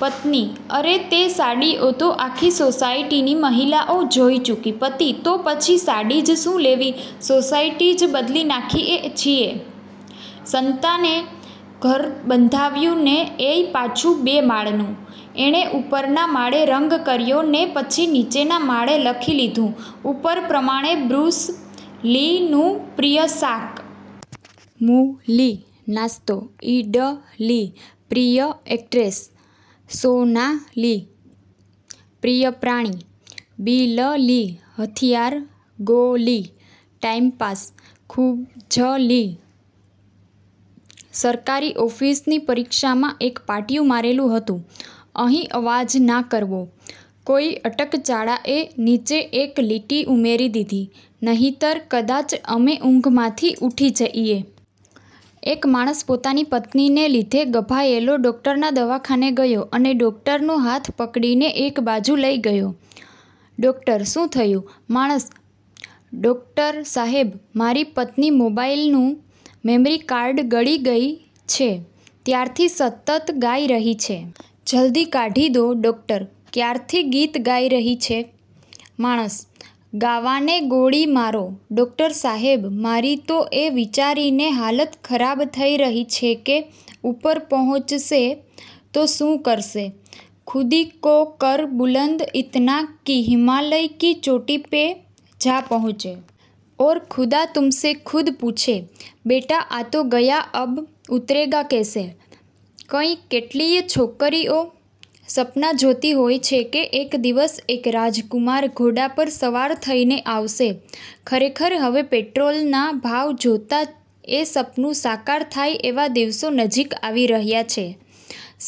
પત્ની: અરે તે સાડીઓ તો આખી સોસાયટીની મહિલાઓ જોઈ ચુકી. પતિ: તો પછી સાડી જ શું લેવી, સોસાયટી જ બદલી નાખીએ છીએ. સંતાએ ઘર બંધાવ્યું ને એય પાછું બે માળનું… એણે ઉપરના માળે રંગ કર્યો… ને પછી નીચેના માળે લખી લીધું… '' ઉપર પ્રમાણે… બ્રુસ લી નું પ્રિય શાક? મૂ-લી, નાસ્તો, ઈડ-લી. પ્રિય એક્ટ્રેસ? સોના-લી, પ્રિય પ્રાણી? બિલ-લી, હથિયાર? ગો-લી, ટાઈમપાસ? ખુજ-લી. સરકારી ઓફિસની પરીક્ષામાં એક પાટિયું મારેલું હતું: અહીં અવાજ ના કરવો. કોઈ અટકચાળાએ નીચે એક લીટી ઉમેરી દીધી: નહીતર કદાચ અમે ઊંઘમાંથી ઊઠી જઈએ. એક માણસ પોતાની પત્નીને લીધે ગભાયેલો ડોક્ટરના દવાખાને ગયો અને ડોક્ટરનો હાથ પકડીને એક બાજુ લઇ ગયો, ડોક્ટર: શું થયું??? માણસ: ડોક્ટર સાહેબ, મારી પત્ની મોબાઈલ નું મેમરી કાર્ડ ગળી ગઈ છે, ત્યારથી સતત ગાઈ રહી છે. જલ્દી કાઢી દો. ડોક્ટર: ક્યારથી ગીત ગાઇ રહી છે? માણસ: ગાવાને ગોળી મારો ડોક્ટર સાહેબ, મારી તો એ વિચારીને હાલત ખરાબ થઇ રહી છે કે ઉપર પહોચશે તો શું કરશે??? ખુદી કો કર બુલંદ ઈતના કી હિમાલય કી ચોટી પે જા પહોંચે. ઔર ખુદા તુમસે ખુદ પૂછે: બેટા, આ તો ગયા અબ ઊતરેગા કૈસે? કંઈ કેટલીય છોકરીઓ સપનાં જોતી હોય છે કે એક દિવસ એક રાજકુમાર ઘોડા પર સવાર થઈને આવશે…. ખરેખર! હવે પેટ્રોલના ભાવ જોતાં એ સપનું સાકાર થાય એવા દિવસો નજીક આવી રહ્યાં છે…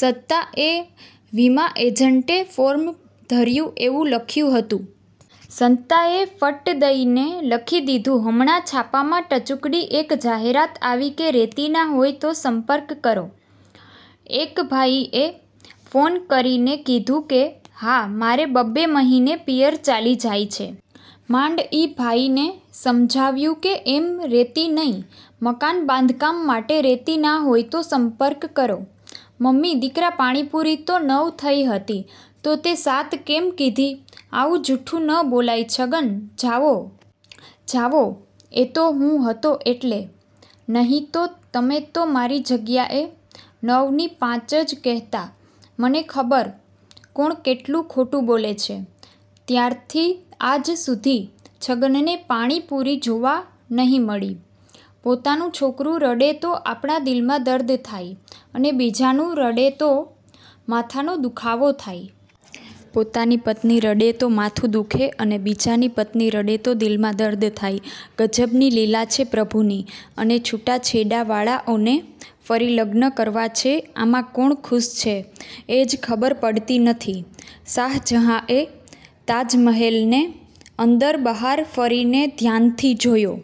સંતા એ વિમા એજન્ટે ફોર્મ ધર્યું એવું લખ્યું હતું. સંતાએ ફટ દઈને લખી દીધું: હમણાં છાપામાં ટચુકડી એક જાહેરાત આવી કે, "રેતી ના હોય તો સંપર્ક કરો. " એક ભાઈએ ફોન કરીને કીધું કે, હા, મારે બબ્બે મહિને પિયર ચાલી જાય છે!! માંડ ઈ ભાઈને સમજાવ્યું કે એમ રેતી નઈ, મકાન બાંધકામ માં રેતી ના હોય તો સંપર્ક કરો. મમ્મી: દીકરા પાણીપુરી તો નવ થઇ હતી તો તે સાત કેમ કીધી? આવું જૂઠું ન બોલાય છગન: જાવો.. જાવો.. એ તો હું હતો એટલે… નહીં તો તમે તો મારી જગ્યાએ નવ ની પાંચ જ કહેતા મને ખબર કોણ કેટલું ખોટું બોલે છે.. ત્યાંરથી આજ સુધી છગનને પાણીપુરી જોવા નહિ મળી. પોતાનું છોકરું રડે તો આપણા દિલમાં દર્દ થાય અને બીજાનું રડે તો માથાનો દુખાવો થાય. પોતાની પત્ની રડે તો માથું દુખે અને બીજાની પત્ની રડે તો દિલમાં દર્દ થાય. ગજબ ની લીલા છે પ્રભુ ની! અને છૂટાછેડા વાળાઓને ફરી લગ્ન કરવા છે! આમાં કોણ ખુશ છે એજ ખબર પડતી નથી. શાહજહાએ તાજમહેલને અંદર, બહાર ફરીને ધ્યાનથી જોયો.